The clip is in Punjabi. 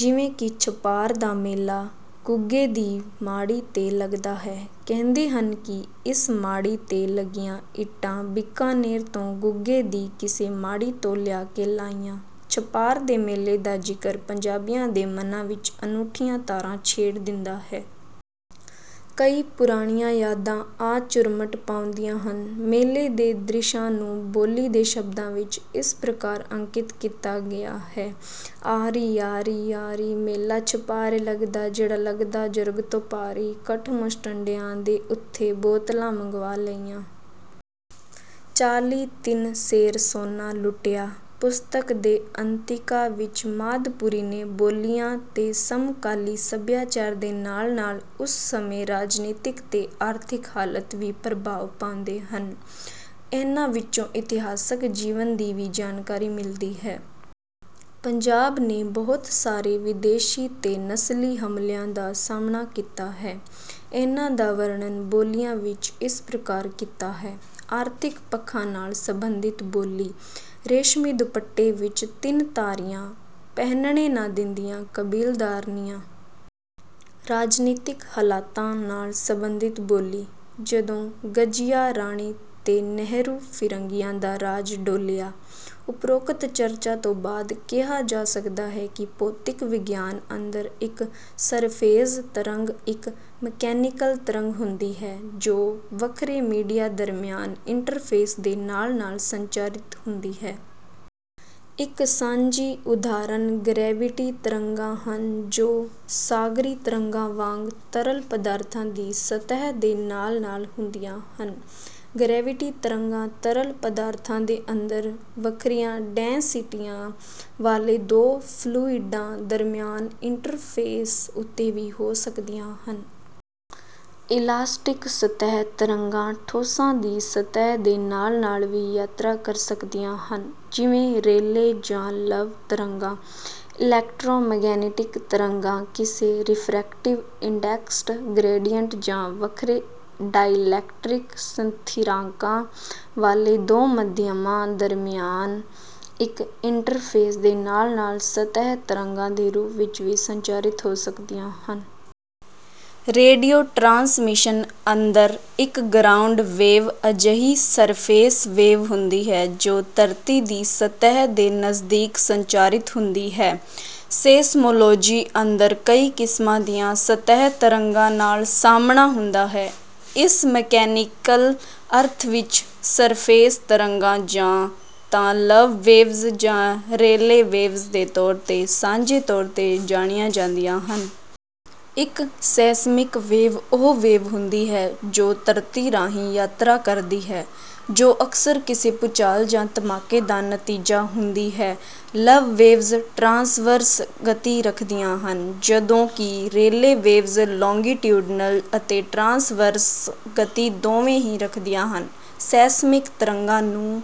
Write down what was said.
ਜਿਵੇਂ ਕਿ ਛਪਾਰ ਦਾ ਮੇਲਾ ਗੁੱਗੇ ਦੀ ਮਾੜੀ 'ਤੇ ਲੱਗਦਾ ਹੈ। ਕਹਿੰਦੇ ਹਨ ਕਿ ਇਸ ਮਾੜੀ 'ਤੇ ਲੱਗੀਆਂ ਇੱਟਾਂ ਬੀਕਾਨੇਰ ਤੋਂ ਗੁੱਗੇ ਦੀ ਕਿਸੇ ਮਾੜੀ ਤੋਂ ਲਿਆ ਕੇ ਲਾਈਆਂ। ਛਪਾਰ ਦੇ ਮੇਲੇ ਦਾ ਜ਼ਿਕਰ ਪੰਜਾਬੀਆਂ ਦੇ ਮਨਾਂ ਵਿੱਚ ਅਨੂਠੀਆਂ ਤਾਰਾਂ ਛੇੜ ਦਿੰਦਾ ਹੈ। ਕਈ ਪੁਰਾਣੀਆਂ ਯਾਦਾਂ ਆ ਝੁਰਮਟ ਪਾਉਂਦੀਆਂ ਹਨ। ਮੇਲੇ ਦੇ ਦ੍ਰਿਸ਼ਾਂ ਨੂੰ ਬੋਲੀ ਦੇ ਸ਼ਬਦਾਂ ਵਿੱਚ ਇਸ ਪ੍ਰਕਾਰ ਅੰਕਿਤ ਕੀਤਾ ਗਿਆ ਹੈ- "ਆਰੀ ਆਰੀ ਆਰੀ, ਮੇਲਾ ਛਪਾਰ ਲੱਗਦਾ। ਜਿਹੜਾ ਲੱਗਦਾ ਜਰਗ ਤੋਂ ਭਾਰੀ, ਕੱਠ ਮੁਸ਼ਟੰਡਿਆਂ ਦੇ ਉੱਥੇ ਬੋਤਲਾਂ ਮੰਗਵਾ ਲਈਆਂ। ਚਾਲੀ ਤਿੰਨ ਸੇਰ ਸੋਨਾ ਲੁਟਿਆ।" ਪੁਸਤਕ ਦੇ ਅੰਤਿਕਾ ਵਿੱਚ ਮਾਦਪੁਰੀ ਨੇ ਬੋਲੀਆਂ ਤੇ ਸਮਕਾਲੀ ਸਭਿਆਚਾਰ ਦੇ ਨਾਲ-ਨਾਲ ਉਸ ਸਮੇਂ ਰਾਜਨੀਤਿਕ ਤੇ ਆਰਥਿਕ ਹਾਲਾਤ ਵੀ ਪ੍ਰਭਾਵ ਪਾਉਂਦੇ ਹਨ। ਇਹਨਾਂ ਵਿੱਚੋਂ ਇਤਿਹਾਸਕ ਜੀਵਨ ਦੀ ਵੀ ਜਾਣਕਾਰੀ ਮਿਲਦੀ ਹੈ। ਪੰਜਾਬ ਨੇ ਬਹੁਤ ਸਾਰੇ ਵਿਦੇਸ਼ੀ ਤੇ ਨਸਲੀ ਹਮਲਿਆਂ ਦਾ ਸਾਹਮਣਾ ਕੀਤਾ ਹੈ। ਇਹਨਾਂ ਦਾ ਵਰਣਨ ਬੋਲੀਆਂ ਵਿੱਚ ਇਸ ਪ੍ਰਕਾਰ ਕੀਤਾ ਹੈ। ਆਰਥਿਕ ਪੱਖਾਂ ਨਾਲ ਸੰਬੰਧਿਤ ਬੋਲੀ- "ਰੇਸ਼ਮੀ ਦੁੱਪਟੇ ਵਿੱਚ ਤਿੰਨ ਧਾਰੀਆਂ, ਪਹਿਨਣੇ ਨਾ ਦਿੰਦੀਆਂ ਕਬੀਲਦਾਰਨੀਆਂ।" ਰਾਜਨੀਤਿਕ ਹਾਲਤਾਂ ਨਾਲ ਸੰਬੰਧਿਤ ਬੋਲੀ- "ਜਦੋਂ ਗੱਜਿਆ ਰਾਣੀ ਤੇ ਨਹਿਰੂ, ਫਰੰਗੀਆਂ ਦਾ ਰਾਜ ਡੋਲਿਆ।" ਉਪਰੋਕਤ ਚਰਚਾ ਤੋਂ ਬਾਅਦ ਕਿਹਾ ਜਾ ਸਕਦਾ ਹੈ ਕਿ ਭੌਤਿਕ ਵਿਗਿਆਨ ਅੰਦਰ, ਇੱਕ ਸਰਫੇਸ ਤਰੰਗ ਇੱਕ ਮਕੈਨੀਕਲ ਤਰੰਗ ਹੁੰਦੀ ਹੈ ਜੋ ਵੱਖਰੇ ਮੀਡੀਆ ਦਰਮਿਆਨ ਇੰਟ੍ਰਫੇਸ ਦੇ ਨਾਲ-ਨਾਲ ਸੰਚਾਰਿਤ ਹੁੰਦੀ ਹੈ। ਇੱਕ ਸਾਂਝੀ ਉਦਾਹਰਨ ਗਰੈਵਿਟੀ ਤਰੰਗਾਂ ਹਨ ਜੋ ਸਾਗਰੀ ਤਰੰਗਾਂ ਵਾਂਗ ਤਰਲ ਪਦਾਰਥਾਂ ਦੀ ਸਤਹਿ ਦੇ ਨਾਲ-ਨਾਲ ਹੁੰਦੀਆਂ ਹਨ। ਗਰੈਵਿਟੀ ਤਰੰਗਾਂ ਤਰਲ ਪਦਾਰਥਾਂ ਦੇ ਅੰਦਰ ਵੱਖਰੀਆਂ ਡੈਂਸਿਟੀਆਂ ਵਾਲੇ ਦੋ ਫਲੂਈਡਾਂ ਦਰਮਿਆਨ ਇੰਟ੍ਰਫੇਸ ਉੱਤੇ ਵੀ ਹੋ ਸਕਦੀਆਂ ਹਨ। ਇਲਾਸਟਿਕ ਸਤਹਿ ਤਰੰਗਾਂ ਠੋਸਾਂ ਦੀ ਸਤਹਿ ਦੇ ਨਾਲ-ਨਾਲ ਵੀ ਯਾਤਰਾ ਕਰ ਸਕਦੀਆਂ ਹਨ, ਜਿਵੇਂ ਰੇਲੇ ਜਾਂ ਲਵ ਤਰੰਗਾਂ। ਇਲੈਕਟ੍ਰੋਮੈਗਨੈਟਿਕ ਤਰੰਗਾਂ ਕਿਸੇ ਰਿਫ੍ਰੈਕਟਿਵ ਇੰਡੈਕਸ ਗ੍ਰੇਡੀਅੰਟ, ਜਾਂ ਵੱਖਰੇ ਡਾਇਲੈਕਟ੍ਰਿਕ ਸਥਿਰਾਂਕਾਂ ਵਾਲੇ ਦੋ ਮਾਧਿਅਮਾਂ ਦਰਮਿਆਨ ਇੱਕ ਇੰਟ੍ਰਫੇਸ ਦੇ ਨਾਲ-ਨਾਲ ਸਤਹਿ ਤਰੰਗਾਂ ਦੇ ਰੂਪ ਵਿੱਚ ਵੀ ਸੰਚਾਰਿਤ ਹੋ ਸਕਦੀਆਂ ਹਨ। ਰੇਡੀਓ ਟਰਾਂਸਮਿਸ਼ਨ ਅੰਦਰ, ਇੱਕ ਗਰਾਊਂਡ ਵੇਵ ਅਜਿਹੀ ਸਰਫੇਸ ਵੇਵ ਹੁੰਦੀ ਹੈ ਜੋ ਧਰਤੀ ਦੀ ਸਤਹਿ ਦੇ ਨਜ਼ਦੀਕ ਸੰਚਾਰਿਤ ਹੁੰਦੀ ਹੈ। ਸੇਸਮੋਲੌਜੀ ਅੰਦਰ, ਕਈ ਕਿਸਮਾਂ ਦੀਆਂ ਸਤਹਿ ਤਰੰਗਾਂ ਨਾਲ ਸਾਹਮਣਾ ਹੁੰਦਾ ਹੈ। ਇਸ ਮਕੈਨੀਕਲ ਅਰਥ ਵਿੱਚ, ਸਰਫੇਸ ਤਰੰਗਾਂ, ਜਾਂ ਤਾਂ ਲਵ ਵੇਵਜ਼ ਜਾਂ ਰੇਲੇ ਵੇਵਜ਼ ਦੇ ਤੌਰ ਤੇ ਸਾਂਝੇ ਤੌਰ ਤੇ ਜਾਣੀਆਂ ਜਾਂਦੀਆਂ ਹਨ। ਇੱਕ ਸੇਸਮਿਕ ਵੇਵ ਉਹ ਵੇਵ ਹੁੰਦੀ ਹੈ ਜੋ ਧਰਤੀ ਰਾਹੀਂ ਯਾਤਰਾ ਕਰਦੀ ਹੈ, ਜੋ ਅਕਸਰ ਕਿਸੇ ਭੂਚਾਲ ਜਾਂ ਧਮਾਕੇ ਦਾ ਨਤੀਜਾ ਹੁੰਦੀ ਹੈ। ਲਵ ਵੇਵਜ਼ ਟ੍ਰਾਂਸਵਰਸ ਗਤੀ ਰੱਖਦੀਆਂ ਹਨ, ਜਦੋਂਕਿ ਰੇਲੇ ਵੇਵਜ਼ ਲੌਂਗੀਟਿਊਡਨਲ ਅਤੇ ਟ੍ਰਾਂਸਵਰਸ ਗਤੀ ਦੋਵੇਂ ਹੀ ਰੱਖਦੀਆਂ ਹਨ। ਸੇਸਮਿਕ ਤਰੰਗਾਂ ਨੂੰ